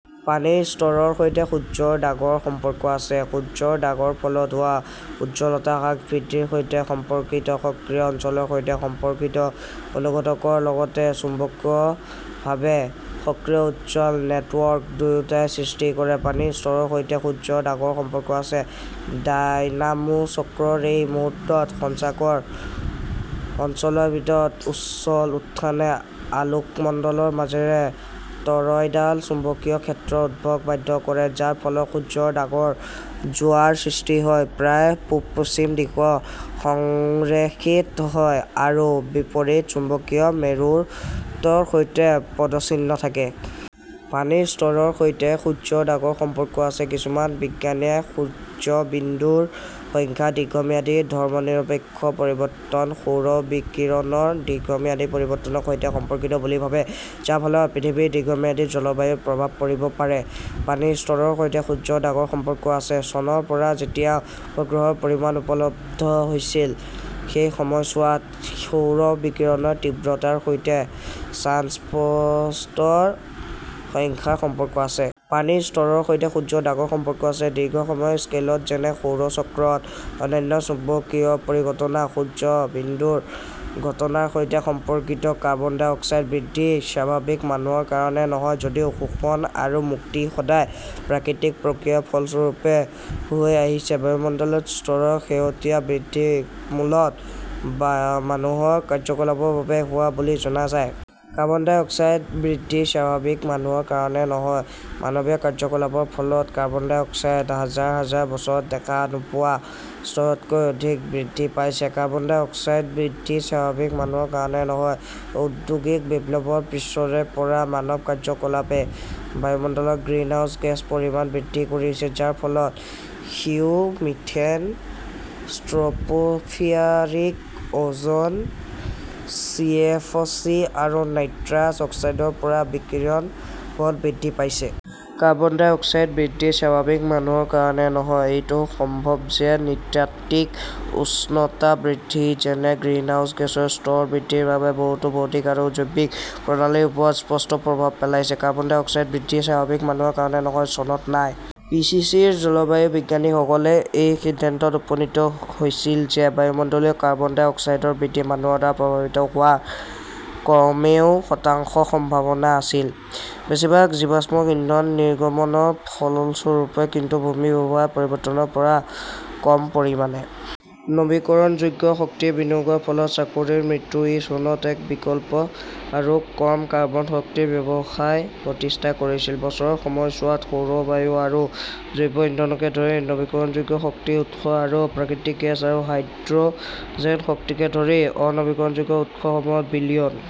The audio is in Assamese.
পানীৰ স্তৰৰ সৈতে সূৰ্য্যৰ দাগৰ সম্পৰ্ক আছে সূৰ্য্যৰ দাগৰ ফলত হোৱা উজ্জ্বলতা হ্ৰাস বৃদ্ধিৰ সৈতে সম্পৰ্কিত সক্ৰিয় অঞ্চলৰ সৈতে সম্পৰ্কিত অনুঘটকৰ লগতে চৌম্বকীয়ভাৱে সক্ৰিয় 'উজ্জ্বল নেটৱৰ্ক' দুয়োটাই সৃষ্টি কৰে। পানীৰ স্তৰৰ সৈতে সূৰ্য্যৰ দাগৰ সম্পৰ্ক আছে ডাইনামো চক্ৰৰ এই মুহূৰ্তত, সঞ্চাৰক অঞ্চলৰ ভিতৰত উচ্ছল উত্থানে আলোকমণ্ডলৰ মাজেৰে টৰয়ডাল চুম্বকীয় ক্ষেত্ৰৰ উদ্ভৱক বাধ্য কৰে, যাৰ ফলত সূৰ্য্যৰ দাগৰ যোৰাৰ সৃষ্টি হয়, প্ৰায় পূব-পশ্চিম দিশত সংৰেখিত হয় আৰু বিপৰীত চুম্বকীয় মেৰুত্বৰ সৈতে পদচিহ্ন থাকে। পানীৰ স্তৰৰ সৈতে সূৰ্য্যৰ দাগৰ সম্পৰ্ক আছে কিছুমান বিজ্ঞানীয়ে সূৰ্য্যবিন্দুৰ সংখ্যাৰ দীৰ্ঘম্যাদী ধৰ্মনিৰপেক্ষ পৰিৱৰ্তন সৌৰ বিকিৰণৰ দীৰ্ঘম্যাদী পৰিৱৰ্তনৰ সৈতে সম্পৰ্কিত বুলি ভাবে, যাৰ ফলত পৃথিৱীৰ দীৰ্ঘম্যাদী জলবায়ুত প্ৰভাৱ পৰিব পাৰে। পানীৰ স্তৰৰ সৈতে সূৰ্য্যৰ দাগৰ সম্পৰ্ক আছে চনৰ পৰা, যেতিয়া উপগ্ৰহৰ পৰিমাপ উপলব্ধ হৈছিল, সেই সময়ছোৱাত সৌৰ বিকিৰণৰ তীব্ৰতাৰ সৈতে ছানস্পটৰ সংখ্যাৰ সম্পৰ্ক আছে। পানীৰ স্তৰৰ সৈতে সূৰ্য্যৰ দাগৰ সম্পৰ্ক আছে দীৰ্ঘ সময়ৰ স্কেলত, যেনে সৌৰ চক্ৰত, অন্যান্য চুম্বকীয় পৰিঘটনা সূৰ্য্যবিন্দুৰ ঘটনাৰ সৈতে সম্পৰ্কিত। কাৰ্বন ডাই অক্সাইড বৃদ্ধি স্বাভাৱিক, মানুহৰ কাৰণে নহয় যদিও শোষণ আৰু মুক্তি সদায় প্ৰাকৃতিক প্ৰক্ৰিয়াৰ ফলস্বৰূপে হৈ আহিছে, বায়ুমণ্ডলত স্তৰৰ শেহতীয়া বৃদ্ধি মূলতঃ মানুহৰ কাৰ্যকলাপৰ বাবে হোৱা বুলি জনা যায়। কাৰ্বন ডাই অক্সাইড বৃদ্ধি স্বাভাৱিক, মানুহৰ কাৰণে নহয় মানৱীয় কাৰ্যকলাপৰ ফলত কাৰ্বন ডাই অক্সাইড হাজাৰ হাজাৰ বছৰত দেখা নোপোৱা স্তৰতকৈ অধিক বৃদ্ধি পাইছে। কাৰ্বন ডাই অক্সাইড বৃদ্ধি স্বাভাৱিক, মানুহৰ কাৰণে নহয় ঔদ্যোগিক বিপ্লৱৰ পিছৰে পৰা মানৱ কাৰ্যকলাপে বায়ুমণ্ডলত গ্ৰীণহাউচ গেছৰ পৰিমাণ বৃদ্ধি কৰিছে, যাৰ ফলত CO ", methane, tropospheric ozone, CFC আৰু নাইট্ৰাছ অক্সাইডৰ পৰা বিকিৰণ বল বৃদ্ধি পাইছে। কাৰ্বন ডাই অক্সাইড বৃদ্ধি স্বাভাৱিক, মানুহৰ কাৰণে নহয় এইটো সম্ভৱ যে নৃতাত্ত্বিক উষ্ণতা বৃদ্ধি, যেনে গ্ৰীণহাউচ গেছৰ স্তৰ বৃদ্ধিৰ বাবে, বহুতো ভৌতিক আৰু জৈৱিক প্ৰণালীৰ ওপৰত স্পষ্ট প্ৰভাৱ পেলাইছে। কাৰ্বন ডাই অক্সাইড বৃদ্ধি স্বাভাৱিক, মানুহৰ কাৰণে নহয় চনত আই. পি. চি. চি. -ৰ জলবায়ু বিজ্ঞানীসকলে এই সিদ্ধান্তত উপনীত হৈছিল যে বায়ুমণ্ডলীয় কাৰ্বন ডাই অক্সাইডৰ বৃদ্ধি মানুহৰ দ্বাৰা প্ৰভাৱিত হোৱাৰ কমেও শতাংশ সম্ভাৱনা আছিল, বেছিভাগ জীৱাশ্ম ইন্ধন নিৰ্গমনৰ ফলস্বৰূপে, কিন্তু ভূমি ব্যৱহাৰৰ পৰিৱৰ্তনৰ পৰা কম পৰিমাণে। নৱীকৰণযোগ্য শক্তি বিনিয়োগৰ ফলত চাকৰিৰ মৃত্যু ই চনত এক বিকল্প আৰু কম কাৰ্বন শক্তিৰ ব্যৱসায় প্ৰতিষ্ঠা কৰিছিল, বছৰৰ সময়ছোৱাত সৌৰ, বায়ু আৰু জৈৱ ইন্ধনকে ধৰি নৱীকৰণযোগ্য শক্তি উৎস, আৰু প্ৰাকৃতিক গেছ আৰু হাইড্ৰ "জেন শক্তিকে ধৰি অ-নৱীকৰণযোগ্য উৎসসমূহত বিলিয়ন